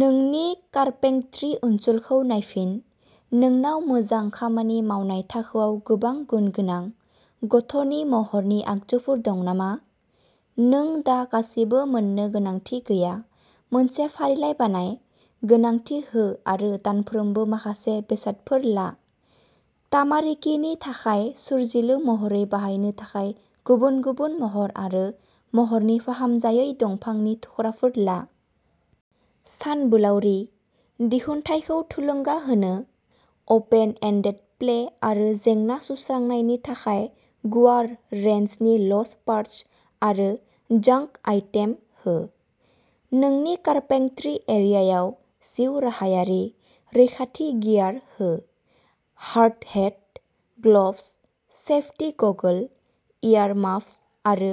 नोंनि कारपेंट्रि ओनसोलखौ नायफिन, नोंनाव मोजां खामानि मावनाय थाखोआव गोबां गुनगोनां, गथ'नि महरनि आगजुफोर दं नामा? नों दा गासिबो मोन्नो गोनांथि गैया, मोनसे फारिलाइ बानाय, गोनांथि हो आरो दानफ्रोमबो माखासे बेसादफोर ला। तामारिकिनि थाखाय सोरजिलु महरै बाहायनो थाखाय गुबुन-गुबुन महर आरो महरनि फाहामजायै दंफांनि थुख्राफोर ला। सानबोलावरि, दिहुनथाइखौ थुलुंगा होनो, अपेन एन्डेड प्ले आरो जेंना सुस्रांनायनि थाखाय गुवार रेन्जनि ल'ज पार्ट्स आरो "जांक आइटेम" हो। नोंनि कारपेंट्रि एरियायाव जिउ राहायारि, रैखाथि गियार हो। Hard hat, gloves, safety goggle, earmuffs आरो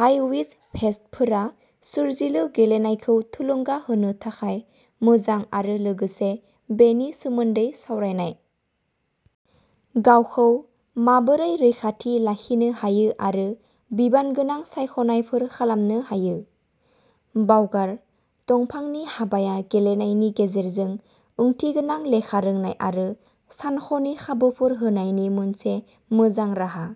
हाइ-विज भेस्टफोरा सोरजिलु गेलेनायखौ थुलुंगा होनो थाखाय मोजां आरो लोगोसे बेनि सोमोन्दै सावरायनाय। गावखौ माबोरै रैखाथि लाखिनो हायो आरो बिबानगोनां सायख'नायफोर खालामनो हायो। बावगार, दंफांनि हाबाया गेलेनायनि गेजेरजों ओंथिगोनां लेखा रोंनाय आरो सानख'नि खाबुफोर होनायनि मोनसे मोजां राहा।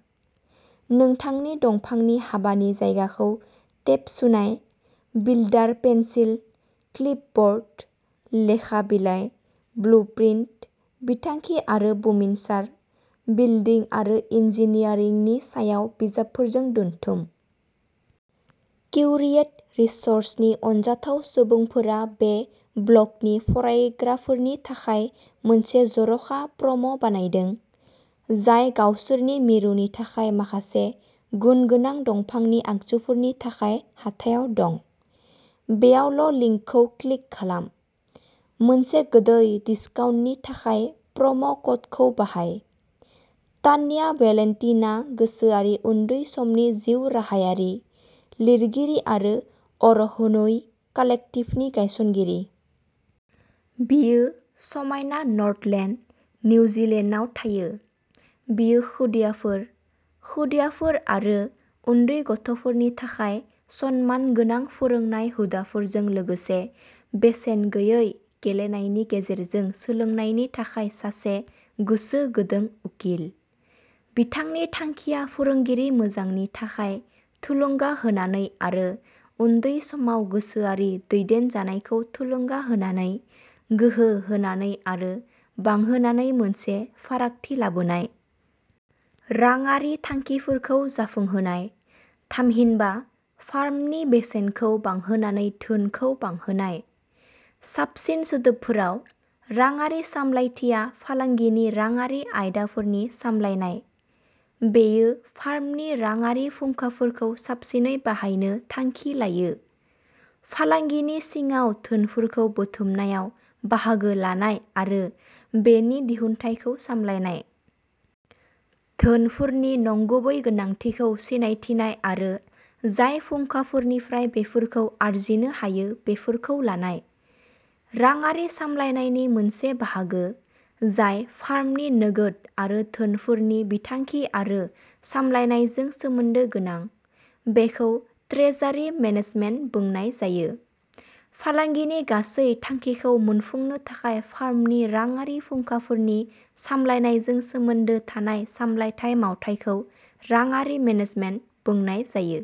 नोंथांनि दंफांनि हाबानि जायगाखौ टेप सुनाय, बिल्डार पेन्सिल, क्लिपब'र्ड, लेखा बिलाइ, ब्लुप्रिन्ट, बिथांखि आरो बुमिनसार, बिल्दिं आरो इन्जिनियारिंनि सायाव बिजाबफोरजों दोनथुम। क्युरिएट रिस'र्सनि अनजाथाव सुबुंफोरा बे ब्लगनि फरायग्राफोरनि थाखाय मोनसे जर'खा प्रम'बानायदों, जाय गावसोरनि मिरुनि थाखाय माखासे गुनगोनां दंफांनि आगजुफोरनि थाखाय हाथायाव दं। बेयावल'लिंकखौ क्लिक खालाम। मोनसे गोदै डिस्काउन्टनि थाखाय प्रम'क'ड खौ बाहाय। तान्या भेलेन्टिनआ गोसोआरि उन्दै समनि जिउराहायारि, लिरगिरि आरो अर'हनुइ कालेक्टिभनि गायसनगिरि। बियो समायना नर्थलेन्ड, निउजिलेन्डआव थायो। बियो खुदियाफोर, खुदियाफोर आरो उन्दै गथ'फोरनि थाखाय सनमानगोनां फोरोंनाय हुदाफोरजों लोगोसे बेसेन गैयै गेलेनायनि गेजेरजों सोलोंनायनि थाखाय सासे गोसोगुदुं उकिल। बिथांनि थांखिया फोरोंगिरि मोजांनि थाखाय थुलुंगा होनानै आरो उन्दै समाव गोसोआरि दैदेनजानायखौ थुलुंगा होनानै, गोहो होनानै आरो बांहोनानै मोनसे फारागथि लाबोनाय। राङारि थांखिफोरखौ जाफुंहोनाय, थामहिनबा फार्मनि बेसेनखौ बांहोनानै धोनखौ बांहोनाय। साबसिन सोदोबफोराव, राङारि सामलायथिया फालांगिनि रांआरि आयदाफोरनि सामलायनाय। बेयो फार्मनि राङारि फुंखाफोरखौ साबसिनै बाहायनो थांखि लायो। फालांगिनि सिङाव धोनफोरखौ बुथुमनायाव बाहागो लानाय आरो बेनि दिहुनथायखौ सामलायनाय। धोनफोरनि नंगुबै गोनांथिखौ सिनायथिनाय आरो जाय फुंखाफोरनिफ्राय बेफोरखौ आरजिनो हायो बेफोरखौ लानाय। राङारि सामलायनायनि मोनसे बाहागो, जाय फार्मनि नोगोद आरो धोनफोरनि बिथांखि आरो सामलायनायजों सोमोन्दो गोनां, बेखौ ट्रेजारि मेनेजमेन्ट बुंनाय जायो। फालांगिनि गासै थांखिखौ मोनफुंनो थाखाय फार्मनि राङारि फुंखाफोरनि सामलायनायजों सोमोन्दो थानाय सामलायथाय मावथायखौ राङारि मेनेजमेन्ट बुंनाय जायो।